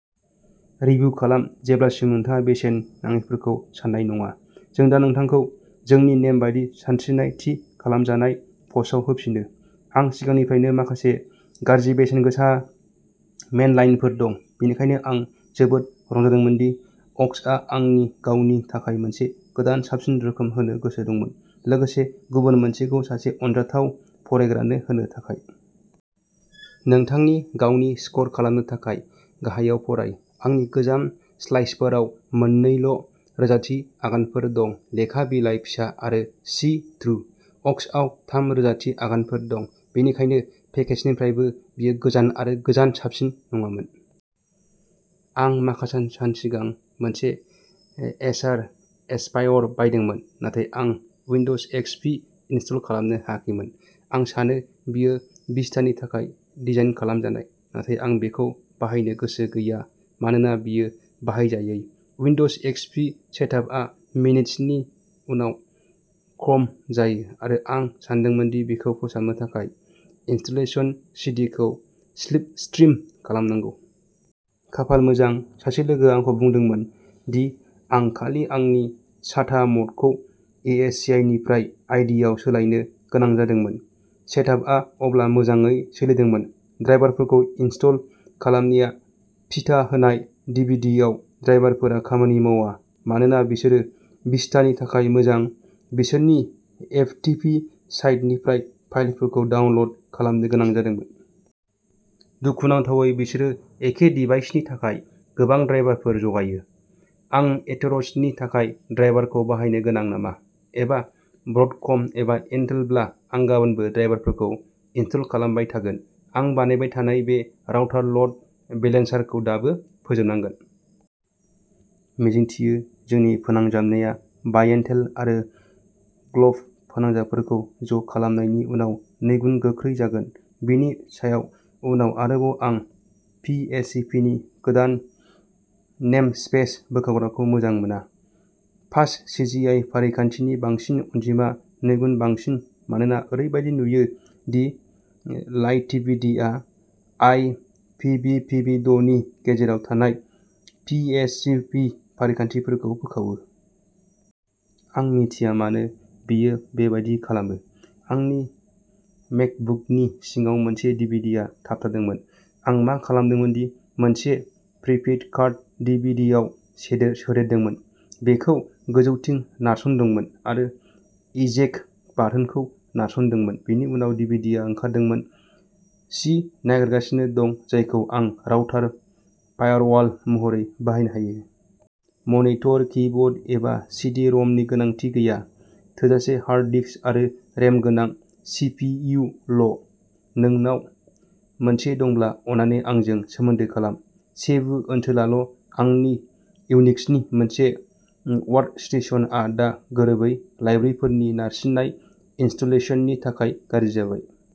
Review खालाम जेब्लासिम नोंथाङा बेसेन नाङैफोरखौ सान्नाय नङा। जों दा नोंथांखौ जोंनि नेमबादि सानस्रिनाय थि खालामजानाय पस्टआव होफिनो। आं सिगांनिफ्रायनो माखासे गाज्रि बेसेनगोसा मेनडलाइनफोर दं, बेनिखायनो आं जोबोद रंजादोंमोन दि अक्स'आ आंनि गावनि थाखाय मोनसे गोदान साबसिन रोखोम होनो गोसो दंमोन, लोगोसे गुबुन मोनसेखौ सासे अनजाथाव फरायग्रानो होनो थाखाय नोंथांनि गावनि स्कर खालामनो थाखाय गाहायाव फराय। आंनि गोजाम स्लाइसारफोराव मोननैल' रोजाथि आगानफोर दं, लेखा बिलाइ फिसा आरो सि थ्रु। अक्स'आव थाम रोजाथि आगानफोर दं। बेनिखायनो पेकेजनिफ्रायबो बेयो गोजान आरो गोजान साबसिन नङामोन। आं माखासे सान सिगां मोनसे एसार एस्पायर बायदोंमोन, नाथाय आं उइन्ड'ज एक्स पि इनस्टल खालामनो हायाखैमोन। आं सानो बेयो भिस्टानि थाखाय डिजाइन खालामजानाय, नाथाय आं बेखौ बाहायनो गोसो गैया मानोना बेयो बाहायजायै। उइन्ड'ज एक्स पि सेटआपआ मिनिटसेनि उनाव क'रम्प जायो, आरो आं सानदोंमोन दि बेखौ फोसाबनो थाखाय इनस्टलेशन सि डि खौ स्लिपस्ट्रिम खालामनांगौ। खाफाल मोजां, सासे लोगोआ आंखौ बुंदोंमोन दि आं खालि आंनि साटा म'डखौ एएचसिआइनिफ्राय आइडिइआव सोलायनो गोनां जादोंमोन। सेटआपआ अब्ला मोजाङै सोलिदोंमोन। ड्राइभारफोरखौ इनस्टल खालामनाया पिटा होनाय डिभिडिआव ड्राइभारफोरा खामानि मावा मानोना बिसोरो भिस्टानि थाखाय आं बिसोरनि एफटिपि साइटनिफ्राय फाइलफोरखौ डाउनल'ड खालामनो गोनां जादोंमोन। दुखुनांथावै, बिसोरो एखे डिभाइसनि थाखाय गोबां ड्राइभारफोर जगायो। आं एथेर'सनि थाखाय ड्राइभारखौ बाहायनो गोनां नामा? एबा ब्रडकम एबा इन्टेलब्ला आं गाबोनबो ड्राइभारफोरखौ इनस्टल खालामबाय थागोन। आं बानायबाय थानाय बे राउटार ल'ड बेलेन्सारखौ दाबो फोजोबनांगोन। मिजिंथियो, जोंनि फोनांजाबनाया बायान्टेल आरो ग्ल'ब फोनांजाबफोरखौ ज' खालामनायनि उनाव नैगुन गोख्रै जागोन। बेनि सायाव उनाव आरोबाव आं पिएइचपिनि गोदान नेमस्पेस बोखावग्राखौ मोजां मोना। फास्टसिजिआइ फारिखान्थिनि बांसिन अनजिमा नैगुन बांसिन मानोना ओरैबायदि नुयो दि लाइटटिपिडिआ I P V P V द'नि गेजेराव थानाय पिएइचपि फारिखान्थिफोरखौ बोखावो। आं मिथिया मानो बेयो बेबादि खालामो। आंनि मेकबुकनि सिङाव मोनसे डिभिडिया थाबथादोंमोन। आं मा खालामदोंमोन दि मोनसे प्रिपेइड कार्ड डिभिडियाव सोदेरदोंमोन, बेखौ गोजौथिं नारसंदोंमोन आरो इजेक्ट बाटोनखौ नारसंदोंमोन। बेनि उनाव डिभिडिया ओंखारदोंमोन। सि नागिरगासिनो दं जायखौ आं राउटार फायारवाल महरै बाहायनो हायो। मनिटर, कीबोर्ड, एबा सि डि रमनि गोनांथि गैया। थोजासे हार्ड डिस्क आरो रेम गोनां सि पि इउ ल'। नोंनाव मोनसे दंब्ला अन्नानै आंजों सोमोन्दो खालाम। सेबु ओनसोलाल' आंनि इउनिक्सनि मोनसे वर्कस्टेशनआ दा गोरोबै लाइब्रेरिफोरनि नारसिननाय इनस्टलेशननि थाखाय गाज्रि जाबाय।